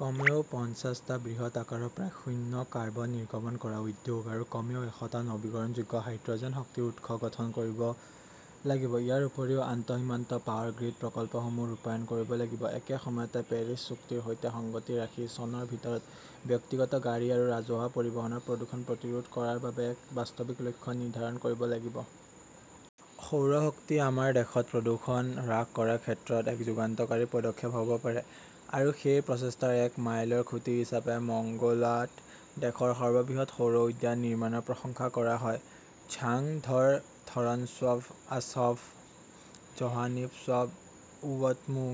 কমেও পঞ্চাছটা বৃহৎ আকাৰৰ প্ৰায় শূন্য কাৰ্বন নিৰ্গমন কৰা উদ্যোগ আৰু কমেও এশটা নৱীকৰণযোগ্য হাইড্ৰ "জেন শক্তিৰ উৎস গঠন কৰিব লাগিব। ইয়াৰ উপৰিও আন্তঃসীমান্ত পাৱাৰ গ্ৰীড প্ৰকল্পসমূহ ৰূপায়ণ কৰিব লাগিব। একে সময়তে, পেৰিছ চুক্তিৰ সৈতে সংগতি ৰাখি চনৰ ভিতৰত ব্যক্তিগত গাড়ী আৰু ৰাজহুৱা পৰিবহণৰ প্ৰদূষণ প্ৰতিৰোধ কৰাৰ বাবে এক বাস্তৱিক লক্ষ্য নিৰ্ধাৰণ কৰিব লাগিব। সৌৰ শক্তি আমাৰ দেশত প্ৰদূষণ হ্ৰাস কৰাৰ ক্ষেত্ৰত এক যুগান্তকাৰী পদক্ষেপ হ'ব পাৰে আৰু সেই প্ৰচেষ্টাৰ এক মাইলৰ খুঁটি হিচাপে মংগোলাত দেশৰ সৰ্ববৃহৎ সৌৰ উদ্যান নিৰ্মাণৰ প্ৰশংসা কৰা হয়। ঝাংঃ ধৰ ধৰণশ্বব আহফ জৱাহিনশ্বব উৱৎমু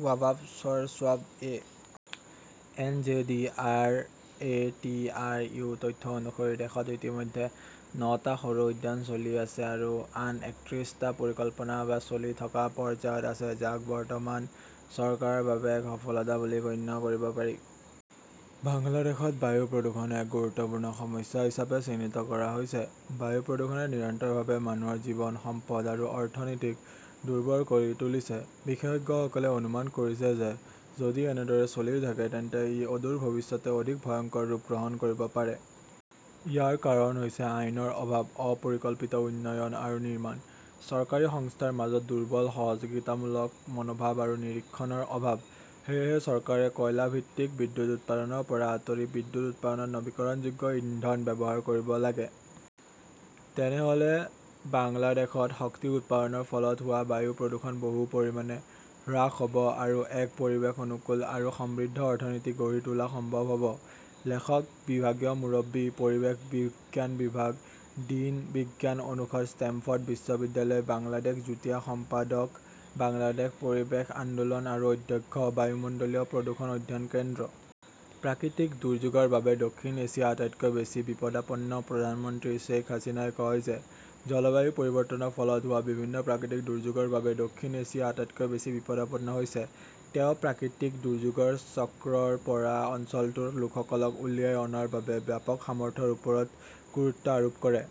উৱাবশ্বৰশ্ববঃ A. N. J. D. R. A. T. R. U. তথ্য অনুসৰি, দেশত ইতিমধ্যে নটা সৌৰ উদ্যান চলি আছে আৰু আন একত্ৰিছটা পৰিকল্পনা বা চলি থকা পৰ্যায়ত আছে, যাক বৰ্তমান চৰকাৰৰ বাবে এক সফলতা বুলি গণ্য কৰিব পাৰি। বাংলাদেশত বায়ু প্ৰদূষণ এক গুৰুত্বপূৰ্ণ সমস্যা হিচাপে চিহ্নিত কৰা হৈছে। বায়ু প্ৰদূষণে নিৰন্তৰভাৱে মানুহৰ জীৱন, সম্পদ আৰু অৰ্থনীতিক দুৰ্বল কৰি তুলিছে, বিশেষজ্ঞসকলে অনুমান কৰিছে যে যদি এনেদৰে চলি থাকে তেন্তে ই অদূৰ ভৱিষ্যতে অধিক ভয়ংকৰ ৰূপ গ্ৰহণ কৰিব পাৰে। ইয়াৰ কাৰণ হৈছে আইনৰ অভাৱ, অপৰিকল্পিত উন্নয়ন আৰু নিৰ্মাণ, চৰকাৰী সংস্থাৰ মাজত দুৰ্বল সহযোগিতামূলক মনোভাৱ আৰু নিৰীক্ষণৰ অভাৱ। সেয়েহে চৰকাৰে কয়লা ভিত্তিক বিদ্যুৎ উৎপাদনৰ পৰা আঁতৰি বিদ্যুৎ উৎপাদনত নৱীকৰণযোগ্য ইন্ধন ব্যৱহাৰ কৰিব লাগে। তেনেহ 'লে বাংলাদেশত শক্তি উৎপাদনৰ ফলত হোৱা বায়ু প্ৰদূষণ বহু পৰিমাণে হ্ৰাস হ'ব আৰু এক পৰিৱেশ অনুকূল আৰু সমৃদ্ধ অৰ্থনীতি গঢ়ি তোলা সম্ভৱ হ'ব। লেখক, বিভাগীয় মুৰব্বী, পৰিৱেশ বিজ্ঞান বিভাগ, ডিন, বিজ্ঞান অনুষদ, ষ্টেমফৰ্ড বিশ্ববিদ্যালয় বাংলাদেশ, যুটীয়া সম্পাদক, বাংলাদেশ পৰিৱেশ আন্দোলন আৰু অধ্যক্ষ, বায়ুমণ্ডলীয় প্ৰদূষণ অধ্যয়ন কেন্দ্ৰ। প্ৰাকৃতিক দুৰ্যোগৰ বাবে দক্ষিণ এছিয়া আটাইতকৈ বেছি বিপদাপন্নপ্ৰধানমন্ত্ৰী শ্বেইখ হাছিনাই কয় যে জলবায়ু পৰিৱৰ্তনৰ ফলত হোৱা বিভিন্ন প্ৰাকৃতিক দুৰ্যোগৰ বাবে দক্ষিণ এছিয়া আটাইতকৈ বেছি বিপদাপন্ন হৈছে। তেওঁ প্ৰাকৃতিক দুৰ্যোগৰ চক্ৰৰ পৰা অঞ্চলটোৰ লোকসকলক উলিয়াই অনাৰ বাবে ব্যাপক সামৰ্থ্যৰ ওপৰত গুৰুত্ব আৰোপ কৰে।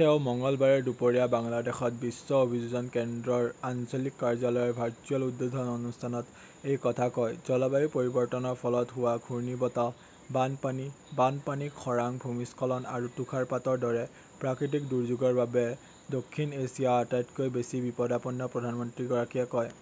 তেওঁ মঙলবাৰে দুপৰীয়া বাংলাদেশত বিশ্ব অভিযোজন কেন্দ্ৰৰ আঞ্চলিক কাৰ্যালয়ৰ ভাৰ্চুৱেল উদ্বোধন অনুষ্ঠানত এই কথা কয়। "জলবায়ু পৰিৱৰ্তনৰ ফলত হোৱা ঘূৰ্ণীবতাহ, বানপানী, বানপানী, খৰাং, ভূমিস্খলন আৰু তুষাৰপাতৰ দৰে প্ৰাকৃতিক দুৰ্যোগৰ বাবে দক্ষিণ এছিয়া আটাইতকৈ বেছি বিপদাপন্ন", প্ৰধানমন্ত্ৰীগৰাকীয়ে কয়।